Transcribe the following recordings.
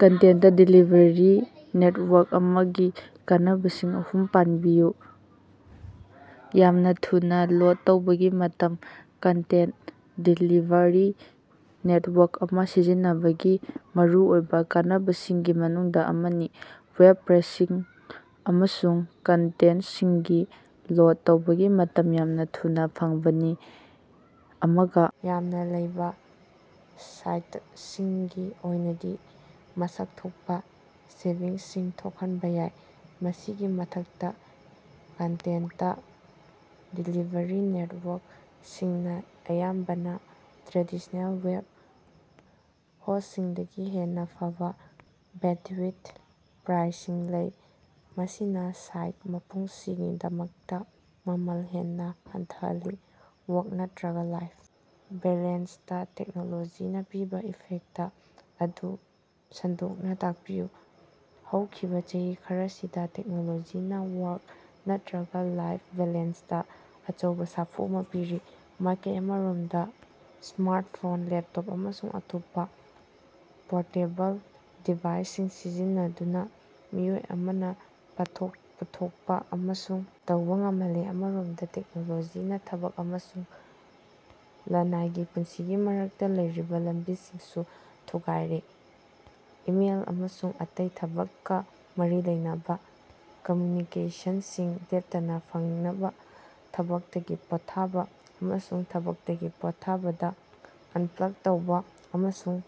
Content delivery network ꯑꯃꯒꯤ ꯀꯥꯟꯅꯕꯁꯤꯡ ꯑꯍꯨꯝ ꯄꯟꯕꯤꯌꯨ꯫ ꯌꯥꯝꯅ ꯊꯨꯅ ꯂꯣꯗ ꯇꯧꯕꯒꯤ ꯃꯇꯝ - ꯀꯟꯇꯦꯟꯇ ꯗꯦꯂꯤꯚꯔꯤ ꯅꯦꯠꯋꯥꯔꯛ ꯑꯃ ꯁꯤꯖꯤꯟꯅꯕꯒꯤ ꯃꯔꯨꯑꯣꯏꯕ ꯀꯥꯟꯅꯕꯁꯤꯡꯒꯤ ꯃꯅꯨꯡꯗ ꯑꯃꯗꯤ ꯋꯦꯕ ꯄꯦꯖꯁꯤꯡ ꯑꯃꯁꯨꯡ ꯀꯟꯇꯦꯟꯇꯁꯤꯡꯒꯤ ꯂꯣꯗ ꯇꯧꯕꯒꯤ ꯃꯇꯝ ꯌꯥꯝꯅ ꯊꯨꯅꯥ ꯐꯪꯕꯅꯤ꯫ ꯑꯃꯒ ꯌꯥꯝꯅ ꯂꯩꯕ ꯁꯥꯏꯇꯁꯤꯡꯒꯤ ꯑꯣꯏꯅꯗꯤ ꯃꯁꯛ ꯊꯣꯛꯄ ꯁꯦꯚꯤꯡꯁꯤꯡ ꯊꯣꯛꯍꯟꯕ ꯌꯥꯏ꯫ ꯃꯁꯤꯒꯤ ꯃꯊꯛꯇ, ꯀꯟꯇꯦꯟꯇ ꯗꯦꯂꯤꯚꯔꯤ ꯅꯦꯠꯋꯥꯔꯛ ꯁꯤꯡꯅ ꯑꯌꯥꯝꯕꯅ ꯇ꯭ꯔꯦꯗꯤꯁꯅꯦꯜ ꯋꯦꯕ ꯍꯣꯁ꯭ꯇꯁꯤꯡꯗꯒꯤ ꯍꯦꯟꯅ ꯐꯕꯥ ꯕꯦꯟꯗꯋꯤꯊ ꯄ꯭ꯔꯥꯏꯁꯤꯡ ꯂꯩ, ꯃꯁꯤꯅ ꯁꯥꯏꯠ ꯃꯄꯨꯁꯤꯡꯒꯤꯗꯃꯛꯇ ꯃꯃꯜ ꯍꯦꯟꯅ ꯍꯟꯊꯍꯜꯂꯤ꯫ ꯋꯥꯔꯛ ꯅꯠꯇꯔꯒ ꯂꯥꯏꯐ ꯕꯦꯂꯦꯟꯁꯇꯥ ꯇꯦꯛꯅꯣꯂꯣꯖꯤꯅ ꯄꯤꯕ ꯏꯐꯦꯛꯇ ꯑꯗꯨ ꯁꯟꯗꯣꯛꯅ ꯇꯥꯛꯄꯤꯌꯨ꯫ ꯍꯧꯈꯤꯕ‌ ꯆꯍꯤ ꯈꯔꯁꯤꯗ ꯇꯦꯛꯅꯣꯂꯣꯖꯤꯅꯥ ꯋꯥꯔꯛ‌ ꯅꯠꯇꯔ꯭ꯒ ꯂꯥꯏꯐ ꯕꯦꯂꯦꯟꯁꯇꯥ ꯑꯆꯧꯕ ꯁꯥꯐꯨ ꯑꯃ ꯄꯤꯔꯤ꯫ ꯃꯥꯏꯀꯩ ꯑꯃꯔꯣꯝꯗ, ꯁ꯭ꯃꯥꯔꯇꯐꯣꯟ, ꯂꯦꯞꯇꯣꯞ, ꯑꯃꯁꯨꯡ ꯑꯇꯣꯞꯄ ꯄꯣꯔꯇꯦꯕꯜ ꯗꯤꯚꯥꯏꯁꯁꯤꯡ ꯁꯤꯖꯤꯟꯅꯗꯨꯅ ꯃꯤꯑꯣꯏ ꯑꯃꯅ ꯄꯣꯠꯊꯣꯛ ꯄꯨꯊꯣꯛꯄ ꯑꯃꯁꯨꯡ ꯇꯧꯕ ꯉꯝꯍꯜꯂꯦ꯫ ꯑꯃꯔꯣꯝꯗ ꯇꯦꯛꯅꯣꯂꯣꯖꯤꯅ ꯊꯕꯛ ꯑꯃꯁꯨꯡ ꯂ꯭ꯅꯥꯏꯒꯤ ꯄꯨꯟꯁꯤꯒꯤ ꯃꯔꯛꯇ ꯂꯩꯔꯤꯕ ꯂꯝꯕꯤꯁꯤꯡꯁꯨ ꯊꯨꯒꯥꯏꯔꯦ꯫ ꯏꯃꯦꯏꯜ ꯑꯃꯁꯨꯡ ꯑꯇꯩ ꯊꯕꯛꯀ‌ ꯃꯔꯤ ꯂꯩꯅꯕ ꯀꯝꯃ꯭ꯌꯨꯅꯤꯀꯦꯁꯟꯁꯤꯡ ꯂꯦꯞꯇꯅꯥ ꯐꯪꯕꯅ, ꯊꯕꯛꯇꯒꯤ ꯄꯣꯠꯊꯥꯕ ꯑꯃꯁꯨꯡ ꯊꯕꯛꯇꯒꯤ ꯄꯣꯠꯊꯥꯕꯗꯥ ꯑꯟꯄ꯭ꯂꯛ ꯇꯧꯕ ꯑꯃꯁꯨꯡ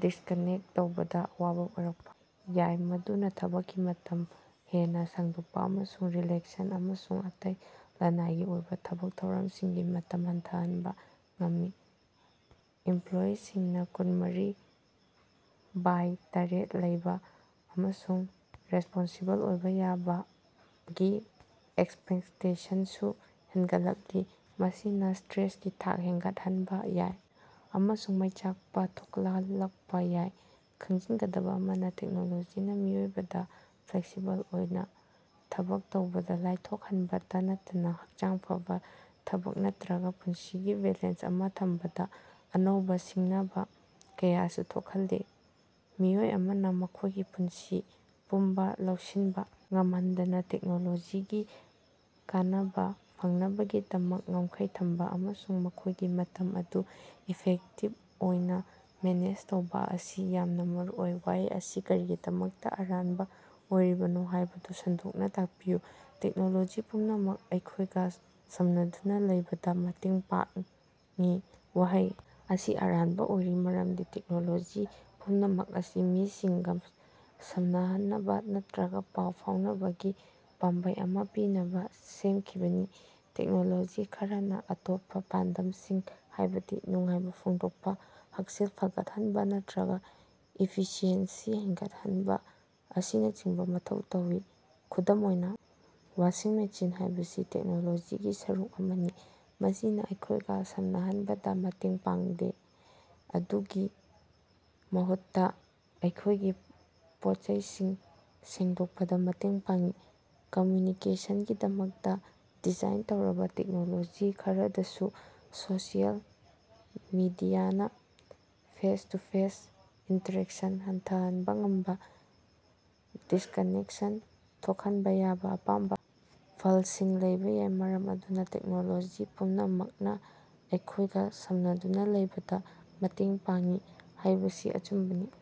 ꯗꯤꯁꯀꯥꯅꯦꯛꯇ ꯇꯧꯕꯗ ꯑꯋꯥꯕ ꯑꯣꯏꯔꯛꯄ ꯌꯥꯏ, ꯃꯗꯨꯅ ꯊꯕꯛꯀꯤ ꯃꯇꯝ ꯍꯦꯟꯅ ꯁꯥꯡꯗꯣꯛꯄ ꯑꯃꯁꯨꯡ ꯔꯤꯂꯦꯛꯁꯟ ꯑꯃꯁꯨꯡ ꯑꯇꯩ ꯂ꯭ꯅꯥꯏꯒꯤ ꯑꯣꯏꯕ ꯊꯕꯛ ꯊꯧꯔꯝꯁꯤꯡꯒꯤ ꯃꯇꯝ ꯍꯟꯊꯍꯟꯕ ꯉꯝꯃꯤ꯫ ꯏꯝꯄꯂꯣꯌꯤꯁꯤꯡꯅ ꯀꯨꯟꯃꯔꯤ ꯚꯥꯏ ꯇꯔꯦꯠ ꯂꯩꯕ ꯑꯃꯁꯨꯡ ꯔꯦꯁ꯭ꯄꯣꯟꯁꯤꯕꯜ ꯑꯣꯏꯕ ꯌꯥꯕꯒꯤ ꯑꯦꯛꯁꯄꯦꯛꯇꯦꯁꯟꯁꯨ ꯍꯦꯟꯒꯠꯂꯛꯂꯤ, ꯃꯁꯤꯅ ꯁ꯭ꯇꯔꯦꯁꯀꯤ ꯊꯥꯛ ꯍꯦꯟꯒꯠꯍꯟꯕ ꯌꯥꯏ ꯑꯃꯁꯨꯡ ꯃꯩ ꯆꯥꯛꯄ ꯊꯣꯛꯍꯜꯂꯛꯄ ꯌꯥꯏ꯫ ꯈꯪꯖꯤꯟꯒꯗꯕ ꯑꯃꯅ, ꯇꯦꯛꯅꯣꯂꯣꯖꯤꯅ ꯃꯤꯑꯣꯏꯕꯗ ꯐ꯭ꯂꯦꯛꯁꯤꯕꯜ ꯑꯣꯏꯅ ꯊꯕꯛ ꯇꯧꯕꯗ ꯂꯥꯏꯊꯣꯛꯍꯟꯕꯇꯥ ꯅꯠꯇꯅꯥ ꯍꯛꯆꯥꯡ ꯐꯕꯥ ꯊꯕꯛ ꯅꯠꯇꯔꯒ ꯄꯨꯟꯁꯤꯒꯤ ꯕꯦꯂꯦꯟꯁ ꯑꯃ ꯊꯝꯕꯗ ꯑꯅꯧꯕ ꯁꯤꯡꯅꯕ ꯀꯌꯥꯁꯨ ꯊꯣꯛꯍꯜꯂꯦ꯫ ꯃꯤꯑꯣꯏ ꯑꯃꯅ ꯃꯈꯣꯏꯒꯤ ꯄꯨꯟꯁꯤ ꯄꯨꯝꯕ ꯂꯧꯁꯤꯟꯕ ꯉꯝꯍꯟꯗꯅꯥ ꯇꯦꯛꯅꯣꯂꯣꯖꯤꯒꯤ ꯀꯥꯟꯅꯕ ꯐꯪꯅꯕꯒꯤꯗꯃꯛ ꯉꯝꯈꯩ ꯊꯝꯕ ꯑꯃꯁꯨꯡ ꯃꯈꯣꯏꯒꯤ ꯃꯇꯝ ꯑꯗꯨ ꯏꯐꯦꯛꯇꯤꯕ ꯑꯣꯏꯅ ꯃꯦꯅꯦꯖ ꯇꯧꯕ ꯑꯁꯤ ꯌꯥꯝꯅ ꯃꯔꯨꯑꯣꯏ꯫ ꯋꯥꯍꯩ ꯑꯁꯤ ꯀꯔꯤꯒꯤꯗꯃꯛꯇ ꯑꯔꯥꯟꯕ ꯑꯣꯏꯔꯤꯕꯅꯣ ꯍꯥꯏꯕꯗꯨ ꯁꯟꯗꯣꯛꯅ ꯇꯥꯛꯄꯤꯌꯨ꯫ ꯇꯦꯛꯅꯣꯂꯣꯖꯤ ꯄꯨꯝꯅꯃꯛꯅ ꯑꯩꯈꯣꯏꯒ ꯁꯝꯅꯗꯨꯅꯥ ꯂꯩꯕꯗ ꯃꯇꯦꯡ ꯄꯥꯡꯏ꯫ ꯋꯥꯍꯩ ꯑꯁꯤ ꯑꯔꯥꯟꯕ ꯑꯣꯏꯔꯤ ꯃꯔꯝꯗꯤ ꯇꯦꯛꯅꯣꯂꯣꯖꯤ ꯄꯨꯝꯅꯃꯛ ꯑꯁꯤ ꯃꯤꯁꯤꯡꯒ ꯁꯝꯅꯍꯟꯅꯕ ꯅꯠꯇꯔ꯭ꯒ ꯄꯥꯎ ꯐꯥꯎꯅꯕꯒꯤ ꯄꯥꯝꯕꯩ ꯑꯃꯥ ꯄꯤꯅꯕꯥ ꯁꯦꯝꯈꯤꯕꯅꯤ꯫ ꯇꯦꯛꯅꯣꯂꯣꯖꯤ ꯈꯔꯅꯥ ꯑꯇꯣꯞꯄ ꯄꯥꯟꯗꯝꯁꯤꯡ ꯍꯥꯏꯕꯗꯤ ꯅꯨꯡꯉꯥꯏꯕ ꯐꯣꯡꯗꯣꯛꯄ, ꯍꯛꯁꯦꯜ ꯐꯒꯠꯍꯟꯕ ꯅꯠꯇꯔ꯭ꯒ ꯏꯐꯤꯁꯤꯑꯦꯟꯁꯤ ꯍꯦꯟꯒꯠꯍꯟꯕ ꯑꯁꯤꯅꯆꯤꯡꯕ ꯃꯊꯧ ꯇꯧꯏ꯫ ꯈꯨꯗꯝ ꯑꯣꯏꯅ, ꯋꯥꯁꯤꯡ ꯃꯦꯆꯤꯟ ꯍꯥꯏꯕꯁꯤ ꯇꯦꯛꯅꯣꯂꯣꯖꯤꯒꯤ ꯁꯔꯨꯛ ꯑꯃꯅꯤ, ꯃꯁꯤꯅ ꯑꯩꯈꯣꯏꯒ ꯁꯝꯅꯍꯟꯕꯗꯥ ꯃꯇꯦꯡ ꯄꯥꯡꯗꯦ, ꯃꯗꯨꯒꯤ ꯃꯍꯨꯠꯇ ꯑꯩꯈꯣꯏꯒꯤ ꯄꯣꯠꯆꯩꯁꯤꯡ ꯁꯦꯡꯗꯣꯛꯄꯗ ꯃꯇꯦꯡ ꯄꯥꯡꯏ꯫ ꯀꯝꯃ꯭ꯌꯨꯅꯤꯀꯦꯁꯟꯒꯤꯗꯃꯛꯇ ꯗꯤꯖꯥꯏꯟ ꯇꯧꯔꯕꯥ ꯇꯦꯛꯅꯣꯂꯣꯖꯤ ꯈꯔꯗꯁꯨ, ꯁꯣꯁꯤꯑꯦꯜ ꯃꯤꯗꯤꯌꯥꯅꯥ ꯐꯦꯁ-ꯇꯨ-ꯐꯦꯁ ꯏꯟꯇꯔꯦꯛꯁꯟ ꯍꯟꯊꯍꯟꯕ ꯉꯝꯕꯥ, ꯗꯤꯁꯀꯥꯅꯦꯛꯁꯟ ꯊꯣꯛꯍꯟꯕ ꯌꯥꯕ ꯑꯄꯥꯝꯕ ꯐꯜꯁꯤꯡ ꯂꯩꯕ ꯌꯥꯏ꯫ ꯃꯔꯝ ꯑꯗꯨꯅ ꯇꯦꯛꯅꯣꯂꯣꯖꯤ ꯄꯨꯝꯅꯃꯛꯅ ꯑꯩꯈꯣꯏꯒ ꯁꯝꯅꯗꯨꯅ ꯂꯩꯕꯗ ꯃꯇꯦꯡ ꯄꯥꯡꯏ ꯍꯥꯏꯕꯁꯤ ꯑꯆꯨꯝꯕꯅꯤ꯫